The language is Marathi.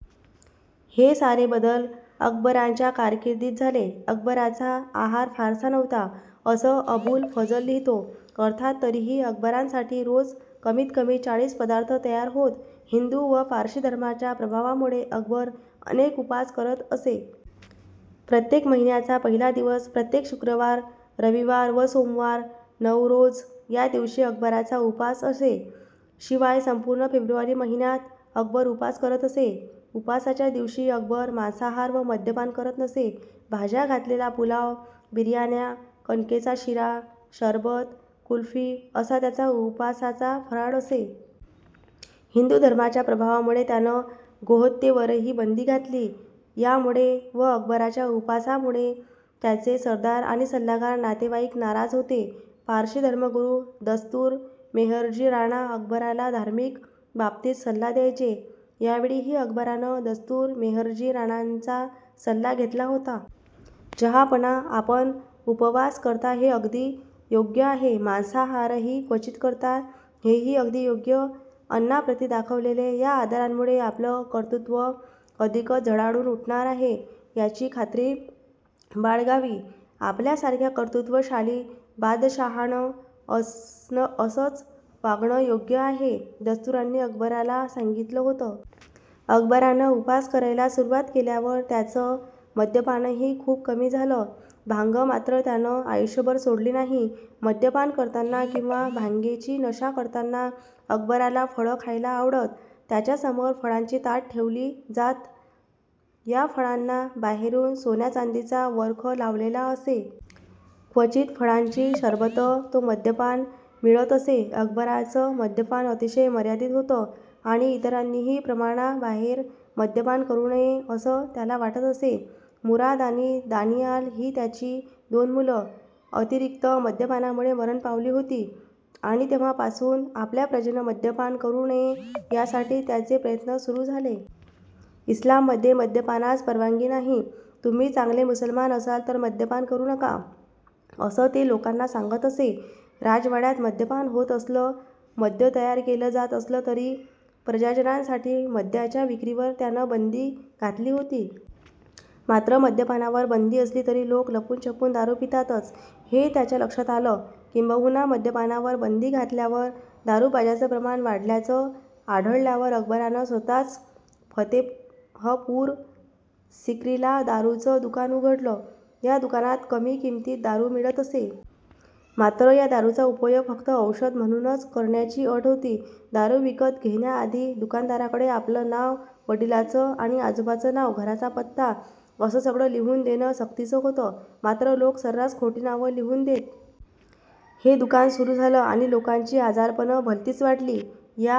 हे सारे बदल अकबराच्या कारकिर्दीत झाले. अकबराचा आहार फारसा नव्हता, असं अबुल फझल लिहितो. अर्थात तरीही अकबरासाठी रोज कमीत कमीत चाळीस पदार्थ तयार होत. हिंदू व पारशी धर्माच्या प्रभावामुळे अकबर अनेक उपास करत असे. प्रत्येक महिन्याचा पहिला दिवस, प्रत्येक शुक्रवार, रविवार व सोमवार, नवरोझ या दिवशी अकबराचा उपास असे. शिवाय संपूर्ण फेब्रुवारी महिन्यात अकबर उपास करत असे. उपासाच्या दिवशी अकबर मांसाहार व मद्यपान करत नसे. भाज्या घातलेला पुलाव, बिर्याण्या, कणकेचा शिरा, सरबतं, कुल्फी असा त्याचा उपासाचा फराळ असे. हिंदू धर्माच्या प्रभावामुळे त्यानं गोहत्येवरही बंदी घातली. यामुळे व अकबराच्या उपासांमुळे त्याचे सरदार आणि सल्लागार, नातेवाईक नाराज होते. पारशी धर्मगुरू दस्तुर मेहरजी राणा अकबराला धार्मिक बाबतींत सल्ला द्यायचे. यावेळीही अकबरानं दस्तुर मेहरजी राणांचा सल्ला घेतला होता. "जहाँपनाह, आपण उपवास करता ते अगदी योग्य आहे. मांसाहारही क्वचित करता, हेही अगदी योग्य. अन्नाप्रती दाखवलेल्या या आदरामुळे आपलं कर्तृत्व अधिकच झळाळून उठणार आहे, याची खात्री बाळगावी. आपल्यासारख्या कर्तृत्वशाली बादशाहानं असंच वागणं योग्य आहे", दस्तुरांनी अकबराला सांगितलं होतं. अकबरानं उपास करायला सुरुवात केल्यावर त्याचं मद्यपानही खूप कमी झालं. भांग मात्र त्यानं आयुष्यभर सोडली नाही. मद्यपान करताना किंवा भांगेची नशा करताना अकबराला फळं खायला आवडत. त्याच्यासमोर फळांची ताटं ठेवली जात. या फळांना बाहेरून सोन्याचांदीचा वर्ख लावलेला असे. क्वचित फळांची सरबतं तो मद्यात मिसळत असे. अकबराचं मद्यपान अतिशय मर्यादित होतं, आणि इतरांनीही प्रमाणाबाहेर मद्यपान करू नये, असं त्याला वाटत असे. मुराद आणि दानिआल ही त्याची दोन मुलं अतिरिक्त मद्यपानामुळे मरण पावली होती, आणि तेव्हापासून आपल्या प्रजेनं मद्यपान करू नये, यासाठी त्याचे प्रयत्न सुरू झाले. इस्लाममध्ये मद्यपानास परवानगी नाही, तुम्ही चांगले मुसलमान असाल, तर मद्यपान करू नका, असं तो लोकांना सांगत असे. राजवाड्यात मद्यपान होत असलं, मद्य तयार केलं जात असलं तरी प्रजाजनांसाठी मद्याच्या विक्रीवर त्यानं बंदी घातली होती. मात्र मद्यपानावर बंदी असली तरी लोक लपूनछपून दारू पितातच, हे त्याच्या लक्षात आलं. किंबहुना मद्यपानावर बंदी घातल्यावर दारुबाजांचं प्रमाण वाढल्याचं आढळल्यावर अकबरानं स्वत:च फतेहपूर सिक्रीला दारूचं दुकान उघडलं. या दुकानात कमी किमतीत दारू मिळत असे. मात्र या दारूचा उपयोग फक्त औषध म्हणूनच करण्याची अट होती. दारू विकत घेण्याआधी दुकानदाराकडे आपलं नाव, वडिलांचं आणि आजोबांचं नाव, घराचा पत्ता असं सगळं लिहून देणं सक्तीचं होतं. मात्र लोक सर्रास खोटी नावं लिहून देत. हे दुकान सुरू झालं आणि लोकांची आजारपणं भलतीच वाढली. या